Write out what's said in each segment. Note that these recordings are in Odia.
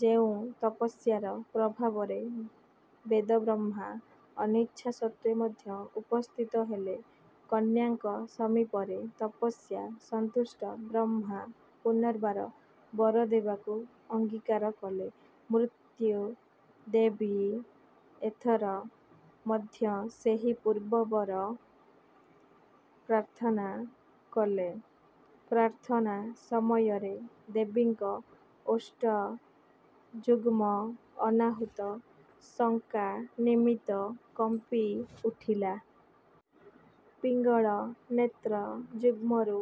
ଯେଉଁ ତପସ୍ୟାର ପ୍ରଭାବରେ ବେଦବ୍ରହ୍ମା ଅନିଚ୍ଛାସତ୍ତ୍ୱେ ମଧ୍ୟ ଉପସ୍ଥିତ ହେଲେ କନ୍ୟାଙ୍କ ସମୀପରେ। ତପସ୍ୟା-ସନ୍ତୁଷ୍ଟ-ବ୍ରହ୍ମା ପୁନର୍ବାର ବର ଦେବାକୁ ଅଙ୍ଗିକାର କଲେ। ମୃତ୍ୟୁଦେବୀ ଏଥର ମଧ୍ୟ ସେହି ପୂର୍ବ ବର ପ୍ରାର୍ଥନା କଲେ। ପ୍ରାର୍ଥନା ସମୟରେ ଦେବୀଙ୍କ ଓଷ୍ଠ ଯୁଗ୍ମ ଅନାହୁତ ଶଙ୍କା ନିମିତ୍ତ କମ୍ପି ଉଠିଲା। ପିଙ୍ଗଳ ନେତ୍ର-ଯୁଗ୍ମରୁ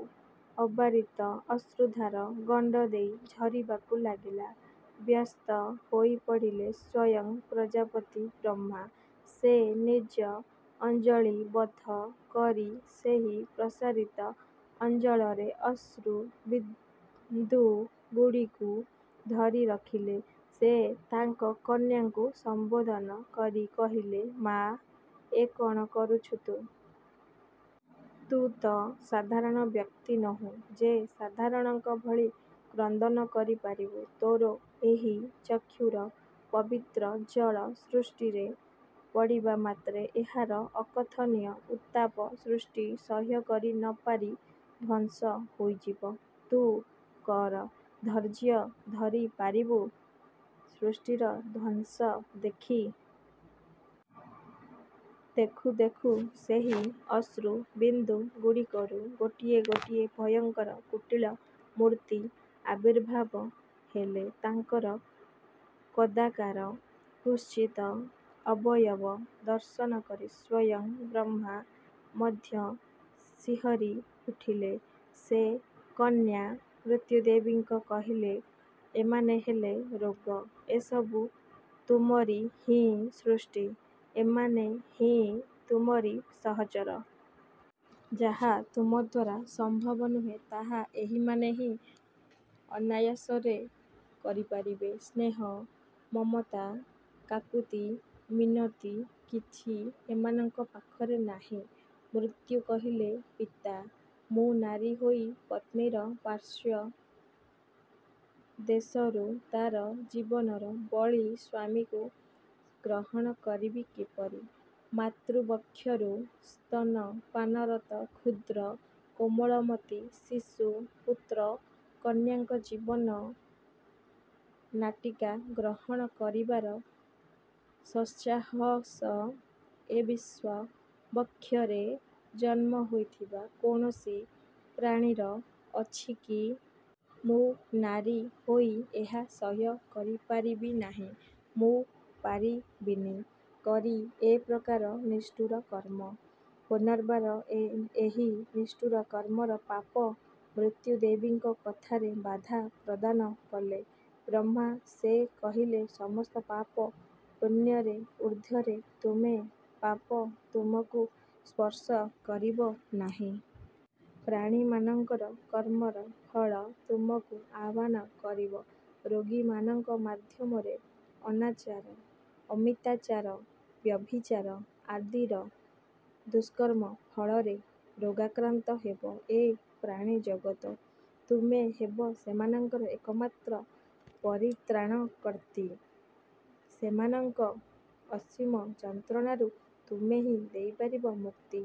ଅବାରିତ ଅଶ୍ରୁଧାର ଗଣ୍ଡ ଦେଇ ଝରିବାକୁ ଲାଗିଲା। ବ୍ୟସ୍ତ ହୋଇ ପଡ଼ିଲେ ସ୍ୱୟଂ ପ୍ରଜାପତି ବ୍ରହ୍ମା। ସେ ନିଜ ଅଞ୍ଜଳିବଦ୍ଧ କରି ସେହି ପ୍ରସାରିତ ଅଞ୍ଜଳରେ ଅଶ୍ରୁବିନ୍ଦୁଗୁଡ଼ିକୁ ଧରି ରଖିଲେ। ସେ ତାଙ୍କ କନ୍ୟାଙ୍କୁ ସମ୍ୱୋଧନ କରି କହିଲେ, ମା! ଏ କଣ କରୁଛୁ ତୁ? ତୁ ତ ସାଧାରଣ ବ୍ୟକ୍ତି ନୋହୁଁ ଯେ ସାଧାରଣଙ୍କ ଭଳି କ୍ରନ୍ଦନ କରି ପାରିବୁ। ତୋର ଏହି ଚକ୍ଷୁର ପବିତ୍ର ଜଳ ସୃଷ୍ଟିରେ ପଡ଼ିବା ମାତ୍ରେ ଏହାର ଅକଥନୀୟ ଉତ୍ତାପ ସୃଷ୍ଟି ସହ୍ୟ କରି ନ ପାରି ଧ୍ୱଂସ ହୋଇଯିବ। ତୁ କ'ର ଧୈର୍ଯ୍ୟ ଧରି ପାରିବୁ ସୃଷ୍ଟିର ଧ୍ୱଂସ ଦେଖି? ଦେଖୁ ଦେଖୁ ସେହି ଅଶ୍ରୁ ବିନ୍ଦୁ ଗୁଡ଼ିକରୁ ଗୋଟିଏ ଗୋଟିଏ ଭୟଙ୍କର କୁଟିଳ ମୂର୍ତ୍ତି ଆବିର୍ଭାବ ହେଲେ। ତାଙ୍କର କଦାକାର କୁତ୍ସିତ ଅବୟବ ଦର୍ଶନ କରି ସ୍ୱୟଂ ବ୍ରହ୍ମା ମଧ୍ୟ ଶିହରି ଉଠିଲେ। ସେ କନ୍ୟା ମୃତ୍ୟୁଦେବୀଙ୍କ କହିଲେ-ଏମାନେ ହେଲେ ରୋଗ, ଏ ସବୁ ତୁମରି ହିଁ ସୃଷ୍ଟି, ଏମାନେ ହିଁ ତୁମରି ସହଚର। ଯାହା ତୁମଦ୍ୱାରା ସମ୍ଭବ ନୁହେଁ ତାହା ଏହିମାନେ ହିଁ ଅନାୟାସରେ କରିପାରିବେ। ସ୍ନେହ, ମମତା, କାକୁତି, ମିନତି କିଛି ଏମାନଙ୍କ ପାଖରେ ନାହିଁ। ମୃତ୍ୟୁ କହିଲେ, ପିତା! ମୁଁ ନାରୀ ହୋଇ ପତ୍ନୀର ପାର୍ଶ୍ୱଦେଶରୁ ତାର ଜୀବନର ବଳି ସ୍ୱାମୀକୁ ଗ୍ରହଣ କରିବି କିପରି। ମାତୃବକ୍ଷରୁ ସ୍ତନପାନରତ କ୍ଷୁଦ୍ର କୋମଳମତି ଶିଶୁ, ପୁତ୍ର, କନ୍ୟାଙ୍କ ଜୀବନ ନାଟିକା ଗ୍ରହଣ କରିବାର ସତ୍ସାହସ ଏ ବିଶ୍ୱ ବକ୍ଷରେ ଜନ୍ମ ହୋଇଥିବା କୌଣସି ପ୍ରାଣୀର ଅଛି କି? ମୁଁ ନାରୀ ହୋଇ ଏହା ସହ୍ୟ କରିପାରିବି ନାହିଁ। ମୁଁ ପାରିବିନି କରି ଏ ପ୍ରକାର ନିଷ୍ଠୁର କର୍ମ। ପୂନର୍ବାର ଏହି ନିଷ୍ଠୁର କର୍ମର ପାପ ମୃତ୍ୟୁଦେବୀଙ୍କ କଥାରେ ବାଧା ପ୍ରଦାନ କଲେ ବ୍ରହ୍ମା, ସେ କହିଲେ, ସମସ୍ତ ପାପପୁଣ୍ୟରେ ଊର୍ଦ୍ଧ୍ୱରେ ତୁମେ। ପାପ ତୁମକୁ ସ୍ପର୍ଶ କରିବ ନାହିଁ। ପ୍ରାଣୀମାନଙ୍କର କର୍ମର ଫଳ ତୁମକୁ ଆହ୍ୱାନ କରିବ ରୋଗୀମାନଙ୍କ ମାଧ୍ୟମରେ। ଅନାଚାର, ଅମିତାଚାର, ବ୍ୟଭିଚାର ଆଦିର ଦୁଷ୍କର୍ମ ଫଳରେ ରୋଗାକ୍ରାନ୍ତ ହେବ ଏ ପ୍ରାଣୀ ଜଗତ। ତୁମେ ହେବ ସେମାନଙ୍କର ଏକମାତ୍ର ପରିତ୍ରାଣକର୍ତ୍ତୀ। ସେମାନଙ୍କ ଅସୀମ ଯନ୍ତ୍ରଣାରୁ ତୁମେହିଁ ଦେଇପାରିବ ମୁକ୍ତି,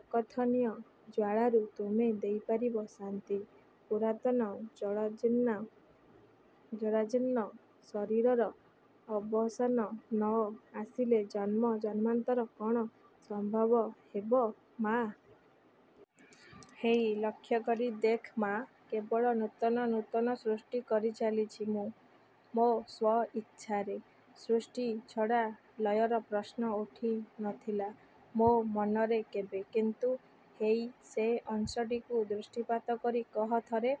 ଅକଥନୀୟ ଜ୍ୱାଳାରୁ ତୁମେ ଦେଇପାରିବ ଶାନ୍ତି, ପୂରାତନ ଜରାଜୀର୍ଣ୍ଣ ଶରୀରର ଅବସାନ ନ ଆସିଲେ ଜନ୍ମ ଜନ୍ମାନ୍ତର କ'ଣ ସମ୍ଭବ ହେବ ମା! ହେଇ ଲକ୍ଷ୍ୟକରି ଦେଖ୍ ମା, କେବଳ ନୂତନ ନୂତନ ସୃଷ୍ଟି କରିଚାଲିଛି ମୁଁ, ମୋ ସ୍ୱଇଚ୍ଛାରେ। ସୃଷ୍ଟି ଛଡ଼ା ଲୟର ପ୍ରଶ୍ନ ଉଠି ନ ଥିଲା ମୋ ମନରେ କେବେ। କିନ୍ତୁ-ହେଇ ସେ ଅଂଶଟିକୁ ଦୃଷ୍ଟିପାତ କରି କହ ଥରେ,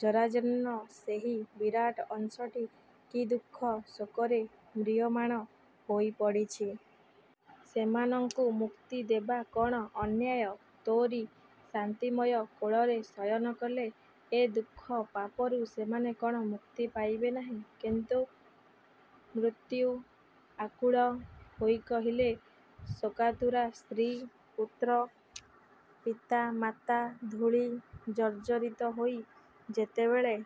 ଜରାଜୀର୍ଣ୍ଣ ସେହି ବିରାଟ ଅଂଶଟି କି ଦୁଃଖ ଶୋକରେ ମ୍ରିୟମାଣ ହୋଇପଡ଼ିଛି। ସେମାନଙ୍କୁ ମୁକ୍ତି ଦେବା କ'ଣ ଅନ୍ୟାୟ? ତୋରି ଶାନ୍ତିମୟ କୋଳରେ ଶୟନ କଲେ ଏ ଦୁଃଖ ତାପରୁ ସେମାନେ କଣ ମୁକ୍ତି ପାଇବେ ନାହିଁ? କିନ୍ତୁ-। ମୃତ୍ୟୁ ଆକୁଳ ହୋଇ କହିଲେ-ଶୋକାତୁରା ସ୍ତ୍ରୀ, ପୁତ୍ର, ପିତା, ମାତା, ଧୂଳି ଜର୍ଜରିତ ହୋଇ ଯେତେବେଳେ